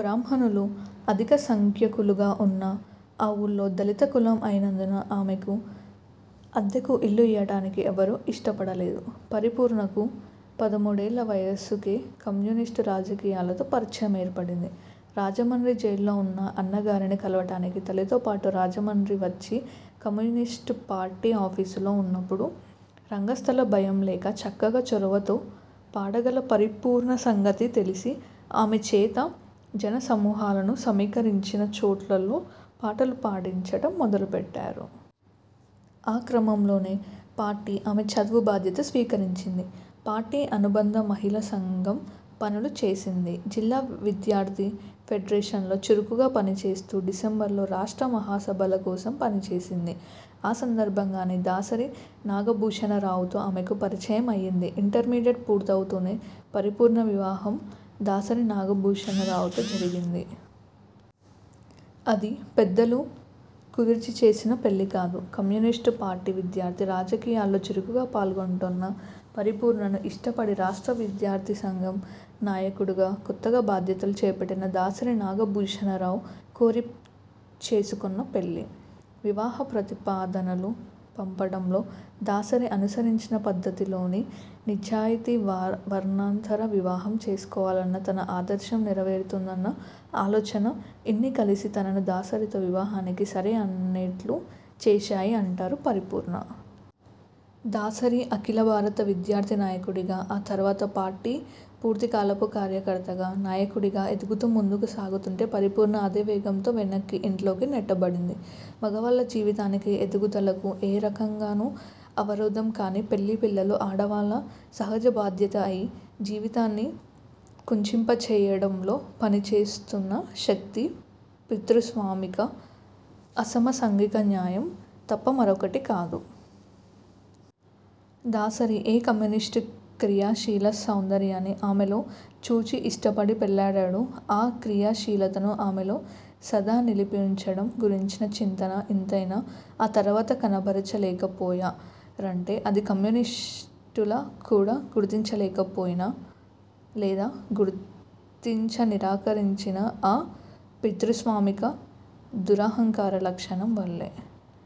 బ్రాహ్మణులు అధిక సంఖ్యాకులుగా ఉన్న ఆ వూళ్ళో దళిత కులం అయినందున ఆమెకు అద్దెకు ఇల్లు ఇయ్యటానికి ఎవ్వరూ ఇష్టపడలేదు. పరిపూర్ణకు పదమూడేళ్ల వయసుకే కమ్యూనిస్టు రాజకీయాలతో పరిచయం ఏర్పడింది. రాజమండ్రి జైలులో ఉన్న అన్నగారిని కలవటానికి తల్లితో పాటు రాజమండ్రి వచ్చి కమ్యూనిస్ట్పార్టీ ఆఫీసులో వున్నప్పుడు రంగస్థల భయంలేక చక్కగా చొరవతో పాడగల పరిపూర్ణ సంగతి తెలిసి ఆమె చేత జన సమూహాలను సమీకరిం చిన చోటల్లా పాటలు పాడించటం మొదలు పెట్టారు. ఆ క్రమంలోనే పార్టీ ఆమె చదువు బాధ్యత స్వీకరించింది. పార్టీ అనుబంధ మహిళా సంఘం పనులు చేసింది. జిల్లా విద్యార్థి ఫెడరేషన్లో చురుకుగా పనిచేస్తూ డిసెంబర్లో రాష్ట్ర మహాసభల కోసం పని చేసింది. ఆ సందర్భంగానే దాసరి నాగభూషణరావుతో ఆమెకు పరిచయం అయింది. ఇంటర్మీడియట్ పూర్తవుతూనే పరిపూర్ణ వివాహం దాసరి నాగభూషణరావుతో జరిగింది. అది పెద్దలు కుదిర్చిచేసిన పెళ్లికాదు. కమ్యూనిస్టు పార్టీ విద్యార్థి రాజకీయాలలో చురుకుగా పాల్గొంటున్న పరిపూర్ణను ఇష్టపడి రాష్ట్ర విద్యార్థి సంఘం నాయకుడుగా కొత్తగా బాధ్యతలు చేపట్టిన దాసరి నాగభూషణరావు కోరి చేసుకొన్నపెళ్లి. వివాహ ప్రతిపాదనలు పంపటంలో దాసరి అనుసరించిన పద్ధతిలోని నిజాయితీ-వర్ణాంతర వివాహం చేసుకోవాలన్న తన ఆదర్శం నెరవేరుతుందన్న ఆలోచన ఇన్నీ కలిసి తనను దాసరితో వివాహానికి సరే అనేట్లు చేశాయి అంటారు పరిపూర్ణ. దాసరి అఖిల భారత విద్యార్థి నాయకుడిగా, ఆ తరువాత పార్టీ పూర్తికాలపు కార్యకర్తగా, నాయకుడిగా ఎదుగుతూ ముందుకు సాగుతుంటే పరిపూర్ణ అదే వేగంతో వెనక్కి, ఇంట్లోకి నెట్టబడింది. మగవాళ్ల జీవితానికి, ఎదుగుదలకు ఏ రకంగానూ అవరోధం కాని పెళ్లి, పిల్లలు ఆడవాళ్ళ 'సహజ బాధ్యత' అయి జీవితాన్ని కుంచింప చేయటంలో పనిచేస్తున్న శక్తి పితృస్వామిక అసమ సాంఘిక న్యాయం తప్ప మరొకటి కాదు. దాసరి ఏ కమ్యూనిస్టు క్రియాశీల సౌంద ర్యాన్ని ఆమెలో చూచి ఇష్టపడి పెళ్లాడాడో ఆ క్రియాశీలతను ఆమెలో సదా నిలిపివుంచటం గురించిన చింతన ఇంతైనా ఆ తరువాత కనబరచ లేకపోయా రంటే అది కమ్యూనిస్టులు కూడా గుర్తించలేకపోయిన లేదా గుర్తించ నిరాకరించిన ఆ పితృస్వామిక దురహంకార లక్షణం వల్లే